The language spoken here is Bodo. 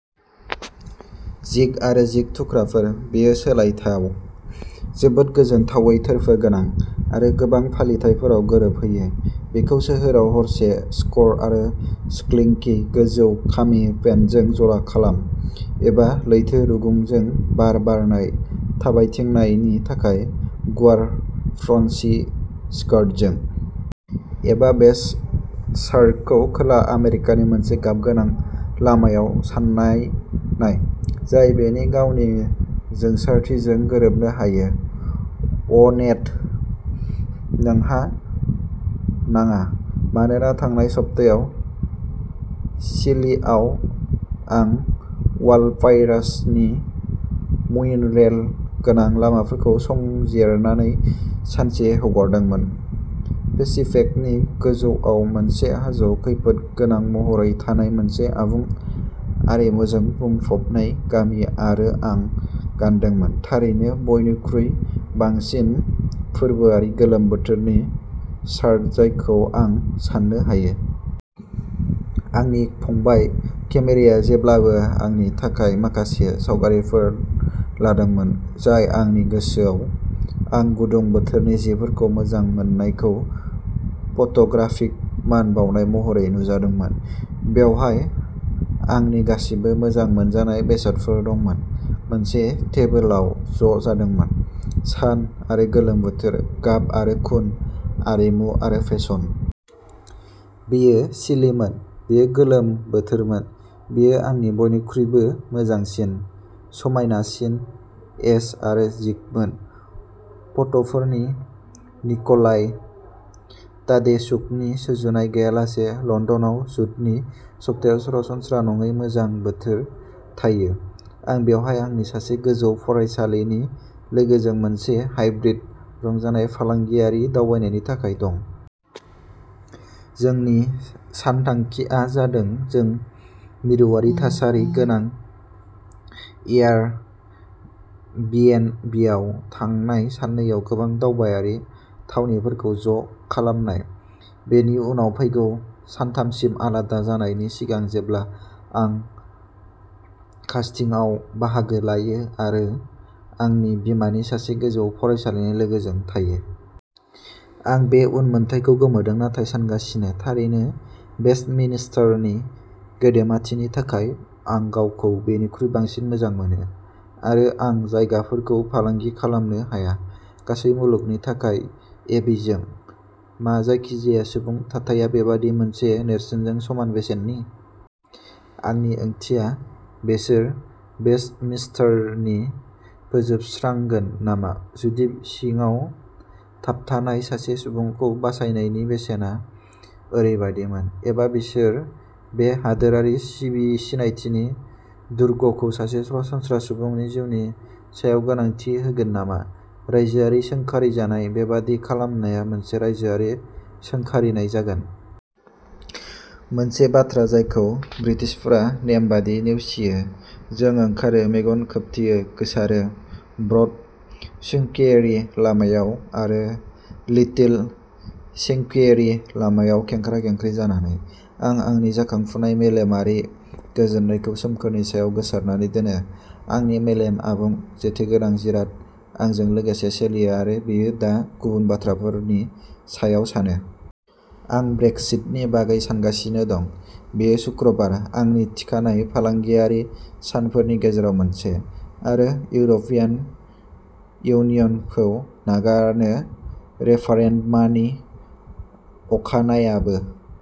जिग आरो जिग थुख्राफोर, बेयो सोलायथाव, जोबोद गोजोनथावै थोरफो गोनां, आरो गोबां फालिथायफोराव गोरोबहोयो। बेखौ सोहोराव हरसे सक'र आरो स्लिंकि गोजौ-खामि पेन्टजों जरा खालाम, एबा लैथो रुगुंजों बार बारनाय थाबायथिंनायनि थाखाय गुवार फ्ल'न्सि स्कार्टजों। एबा बे शार्टखौ खोला आमेरिकानि मोनसे गाबगोनां लामायाव सानना नाय, जाय बेनि गावनि जोंसारथिजों गोरोबनो हायो-अ'नेथ', नोंहा नाङा। मानोना थांनाय सप्तायाव चिलीआव, आं वालपाराइस'नि म्युरेल गोनां लामाफोरखौ संजिरनानै सानसे हगारदोंमोन, पेसिफिकनि गोजौआव मोनसे हाजोआव खैफोद गोनां महरै थानाय मोनसे आबुं, आरिमुजों बुंफबनाय गामि-आरो आं गानदोंमोन, थारैनो, बयनिख्रुइ बांसिन फोरबोआरि गोलोम बोथोरनि शार्ट जायखौ आं सान्नो हायो! आंनि फंबाय, केमेराया जेब्लाबो आंनि थाखाय माखासे सावगारिफोर लादोंमोन, जाय आंनि गोसोआव, आं गुदुं बोथोरनि जिफोरखौ मोजां मोननायखौ फट'ग्राफिक मान बाउनाय महरै नुजादोंमोन। बेवहाय आंनि गासैबो मोजां मोनजानाय बेसादफोर दंमोन। मोनसे टेबोलाव ज'जादोंमोनः सान आरो गोलोम बोथोर, गाब आरो खुन, आरिमु आरो फेसन। बेयो चिलिमोन, बेयो गोलोम बोथोरमोन, बेयो आंनि बयनिख्रुइबो मोजांसिन, समायनासिन एस आरो जिगमोन। फट'फोरनि निक'लाइ तादेउशुकनि, सुजुनाय गैयालासे। लण्डनाव जुननि सप्तायाव सरासनस्रा नङै मोजां बोथोर थायो। आं बेवहाय आंनि सासे गोजौ फरायसालिनि लोगोजों मोनसे हाइब्रिद रंजानाय/फालांगियारि दावबायनायनि थाखाय दं। जोंनि सानथांखिआ जादों जों मिरुआरि-थासारि गोनां एयार बिएनबियाव थांनाय साननैआव गोबां दावबायारि थावनिफोरखौ ज'खालामनाय, बेनि उनाव फैगौ सानथामसिम आलादा जानायनि सिगां, जेब्ला आं कास्टिंआव बाहागो लायो आरो आंनि बिमानि सासे गोजौ फरायसालिनि लोगोजों थायो! आं बे उनमोनथाइखौ गोमोदों नाथाय सानगासिनो; थारैनो, वेस्टमिन्स्टारनि गेदेमाथिनि थाखाय, आं गावखौ बेनिख्रुइ बांसिन मोजां मोनो, आरो आं जायगाफोरखौ फालांगि खालामनो हाया। गासै मुलुगनि थाखाय एबीजों। मा जायखिजाया सुबुं थाथाया बेबादि मोनसे नेरसोनजों समान बेसेननि? आंनि ओंथिया, बिसोर वेस्टमिन्स्टारनि फोजोबस्रांगोन नामा, जुदि सिङाव थाबथानाय सासे सुबुंखौ बासायनायनि बेसेना ओरैबायदिमोन? एबा बिसोर बे हादोरारि सिबि सिनायथिनि दुर्गखौ सासे सरासनस्रा सुबुंनि जिउनि सायाव गोनांथि होगोन नामा? रायजोआरि सोंखारिजानाय! बेबादि खालामनाया मोनसे रायजोआरि सोंखारिनाय जागोन। मोनसे बाथ्रा जायखौ ब्रिटिशफोरा, नेम बायदियै, नेवसियो। जों ओंखारो, मेगन खोबथेयो, गोसारो। "ब्रड सेंक्सुयेरि" लामायाव आरो "लिटिल सेंक्सुयेरि" लामायाव खेंख्रा-खेंख्रि जानानै, आं आंनि जाखांफुनाय मेलेमारि गोजोननायखौ, सोमखोरनि सायाव गोसारनानै दोनो। आंनि मेलेम-आबुं, जेथोगोनां जिराद-आंजों लोगोसे सोलियो आरो बेयो दा गुबुन बाथ्राफोरनि सायाव सानो। आं ब्रेक्सिटनि बागै सानगासिनो दं। बेयो शुक्रबार, आंनि थिखानाय फालांगियारि सानफोरनि गेजेराव मोनसे, आरो इउर'पियान इउनियनखौ नागारनो रेफारेन्डमानि अखानायाबो।